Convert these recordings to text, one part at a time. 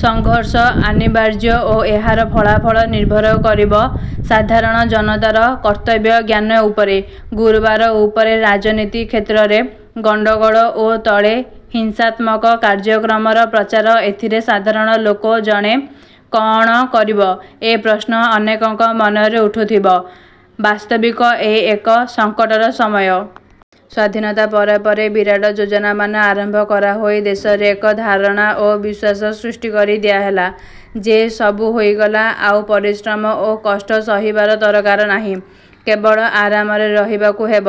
ସଂଘର୍ଷ ଅନିବାର୍ଯ୍ୟ ଓ ଏହାର ଫଳାଫଳ ନିର୍ଭର କରିବ ସାଧାରଣ ଜନତାର କର୍ତ୍ତବ୍ୟଜ୍ଞାନ ଉପରେ। ଗୁରୁବାର ଉପରେ ରାଜନୀତି କ୍ଷେତ୍ରରେ ଗଣ୍ଡଗୋଳ ଓ ତଳେ ହିଂସାତ୍ମକ କାର୍ଯ୍ୟକ୍ରମର ପ୍ରଚାର ଏଥିରେ ସାଧାରଣ ଲୋକ ଜଣେ କଅଣ କରିବ, ଏ ପ୍ରଶ୍ନ ଅନେକଙ୍କ ମନରେ ଉଠୁଥିବ। ବାସ୍ତବିକ ଏ ଏକ ସଂକଟର ସମୟ। ସ୍ୱାଧୀନତା ପରେ ପରେ ବିରାଟ ଯୋଜନାମାନ ଆରମ୍ଭ କରାହୋଇ ଦେଶରେ ଏକ ଧାରଣା ଓ ବିଶ୍ୱାସ ସୃଷ୍ଟିକରି ଦିଆହେଲା ଯେ ସବୁ ହୋଇଗଲା- ଆଉ ପରିଶ୍ରମ ଓ କଷ୍ଟ ସହିବାର ଦରକାର ନାହିଁ, କେବଳ ଆରାମରେ ରହିବାକୁ ହେବ।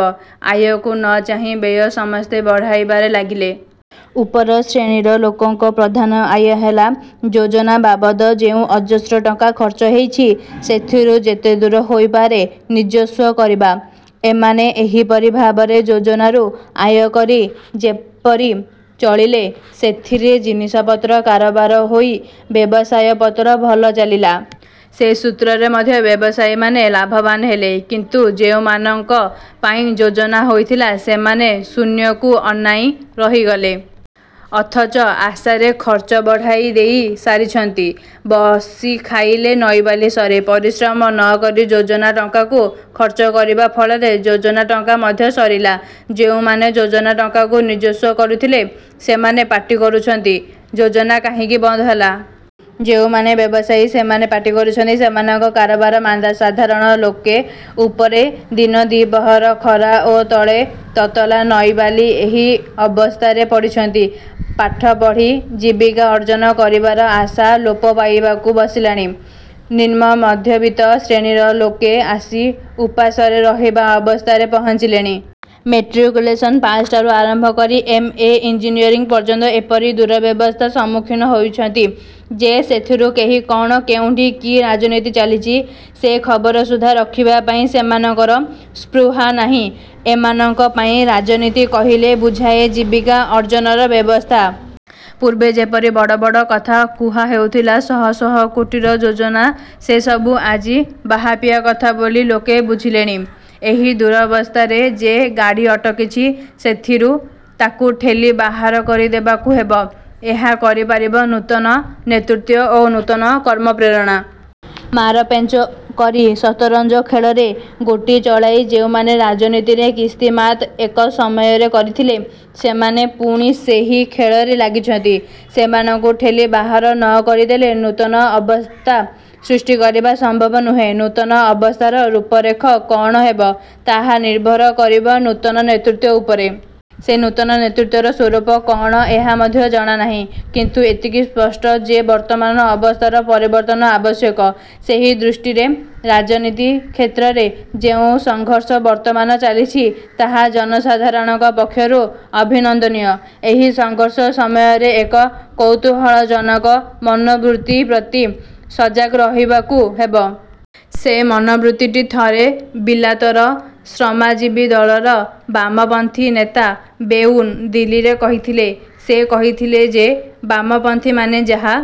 ଆୟକୁ ନ ଚାହିଁ ବ୍ୟୟ ସମସ୍ତେ ବଢ଼ାଇବାରେ ଲାଗିଲେ। ଉପର ଶ୍ରେଣୀର ଲୋକଙ୍କ ପ୍ରଧାନ ଆୟ ହେଲା, ଯୋଜନାବାବଦ ଯେଉଁ ଅଜସ୍ର ଟଙ୍କା ଖର୍ଚ୍ଚ ହେଉଛି, ସେଥିରୁ ଯେତେଦୂର ହୋଇପାରେ ନିଜସ୍ୱ କରିବା। ଏମାନେ ଏହିପରି ଭାବରେ ଯୋଜନାରୁ ଆୟକରି ଯେପରି ଚଳିଲେ, ସେଥିରେ ଜିନିଷପତ୍ର କାରବାର ହୋଇ ବ୍ୟବସାୟପତ୍ର ଭଲ ଚାଲିଲା। ସେ ସୂତ୍ରରେ ମଧ୍ୟ ବ୍ୟବସାୟୀମାନେ ଲାଭବାନ ହେଲେ; କିନ୍ତୁ ଯେଉଁମାନଙ୍କ ପାଇଁ ଯୋଜନା ହୋଇଥିଲା, ସେମାନେ ଶୂନ୍ୟକୁ ଅନାଇଁ ରହିଗଲେ। ଅଥଚ ଆଶାରେ ଖର୍ଚ୍ଚ ବଢ଼ାଇ ଦେଇ ସାରିଛନ୍ତି। ''ବସି ଖାଇଲେ ନଈବାଲି ସରେ। '' ପରିଶ୍ରମ ନ କରି ଯୋଜନା ଟଙ୍କାକୁ ଖର୍ଚ୍ଚ କରିବା ଫଳରେ ଯୋଜନା ଟଙ୍କା ମଧ୍ୟ ସରିଲା। ଯେଉଁମାନେ ଯୋଜନା ଟଙ୍କାକୁ ନିଜସ୍ୱ କରୁଥିଲେ, ସେମାନେ ପାଟିକରୁଛନ୍ତି ଯୋଜନା କାହିଁକି ବନ୍ଦହେଲା। ଯେଉଁମାନେ ବ୍ୟବସାୟୀ ସେମାନେ ପାଟିକରୁଛନ୍ତି ସେମାନଙ୍କ କାରବାର ମାନ୍ଦା। ସାଧାରଣ ଲୋକେ ଉପରେ ଦିନଦିପହର ଖରା ଓ ତଳେ ତତଲା ନଈବାଲି ଏହି ଅବସ୍ଥାରେ ପଡ଼ିଛନ୍ତି। ପାଠପଢ଼ି ଜୀବିକା ଅର୍ଜ୍ଜନ କରିବାର ଆଶା ଲୋପ ପାଇବାକୁ ବସିଲାଣି। ନିମ୍ନମଧ୍ୟବିତ୍ତ ଶ୍ରେଣୀର ଲୋକେ ଆସି ଉପାସରେ ରହିବା ଅବସ୍ଥାରେ ପହଞ୍ଚିଲେଣି। ମେଟ୍ରିକ୍ୟୁଲେସନ ପାସଠାରୁ ଆରମ୍ଭ କରି ଏମ: ଏ; ଇଂଜିନିଅରିଙ୍ଗ ପର୍ଯ୍ୟନ୍ତ ଏପରି ଦୂରବସ୍ଥାର ସମ୍ମୁଖୀନ ହୋଇଛନ୍ତି ଯେ ସେଥିରେ କେହି କଅଣ କେଉଁଠି କି ରାଜନୀତି ଚାଲିଛି ସେ ଖବର ସୁଦ୍ଧା ରଖିବା ପାଇଁ ସେମାନଙ୍କର ସ୍ପୃହା ନାହିଁ। ଏମାନଙ୍କ ପାଇଁ ରାଜନୀତି କହିଲେ ବୁଝାଏ ଜୀବିକା ଅର୍ଜ୍ଜନର ବ୍ୟବସ୍ଥା-। ପୂର୍ବେ ଯେପରି ବଡ଼ ବଡ଼ କଥା କୁହା ହେଉଥିଲା। ଶହଶହ କୋଟିର ଯୋଜନା ସେସବୁ ଆଜି ବାହାପିଆ କଥା ବୋଲି ଲୋକେ ବୁଝିଲେଣି। ଏହି ଦୂରବସ୍ଥାରେ ଯେ ଗାଡ଼ି ଅଟକିଛି, ସେଥିରୁ ତାକୁ ଠେଲି ବାହାର କରିଦେବାକୁ ହେବ। ଏହା କରିପାରିବ ନୂତନ ନେତୃତ୍ୱ ଓ ନୂତନ କର୍ମପ୍ରେରଣା। ମାରପେଞ୍ଚ କରି ସତରଞ୍ଜ ଖେଳରେ ଗୋଟି ଚଳାଇ ଯେଉଁମାନେ ରାଜନୀତିରେ କିସ୍ତିମାତ୍ ଏକ ସମୟରେ କରିଥିଲେ, ସେମାନେ ପୁଣି ସେହି ଖେଳରେ ଲାଗିଛନ୍ତି-। ସେମାନଙ୍କୁ। ଠେଲି ବାହାର ନ କରିଦେଲେ ନୂତନ ଅବସ୍ଥା ସୃଷ୍ଟି କରିବା ସମ୍ଭବ ନୁହେଁ। ନୂତନ ଅବସ୍ଥାର ରୂପରେଖ କଅଣ ହେବ, ତାହା ନିର୍ଭର କରିବ ନୂତନ ନେତୃତ୍ୱ ଉପରେ। ସେ ନୂତନ ନେତୃତ୍ୱର ସ୍ୱରୂପ କଅଣ ଏହା ମଧ୍ୟ ଜଣାନାହିଁ; କିନ୍ତୁ ଏତିକି ସ୍ପଷ୍ଟ ଯେ ବର୍ତ୍ତମାନ ଅବସ୍ଥାର ପରିବର୍ତ୍ତନ ଆବଶ୍ୟକ। ସେହି ଦୃଷ୍ଟିରେ ରାଜନୀତି କ୍ଷେତ୍ରରେ ଯେଉଁ ସଂଘର୍ଷ ବର୍ତ୍ତମାନ ଚାଲିଛି ତାହା ଜନସାଧାଣଙ୍କ ପକ୍ଷରୁ ଅଭିନନ୍ଦନୀୟ। ଏହି ସଂଘର୍ଷ ସମୟରେ ଏକ କୌତୂହଳଜନକ ମନୋବୃତ୍ତି ପ୍ରତି ସଜାଗ ରହିବାକୁ ହେବ। ସେ ମନୋବୃତ୍ତିଟି ଥରେ ବିଲାତର ଶ୍ରମଜୀବୀ ଦଳର ବାମପନ୍ଥୀ ନେତା ବେଉନ୍ ଦିଲ୍ଲୀରେ କହିଥିଲେ। ସେ କହିଥିଲେ ଯେ ବାମପନ୍ଥୀମାନେ ଯାହା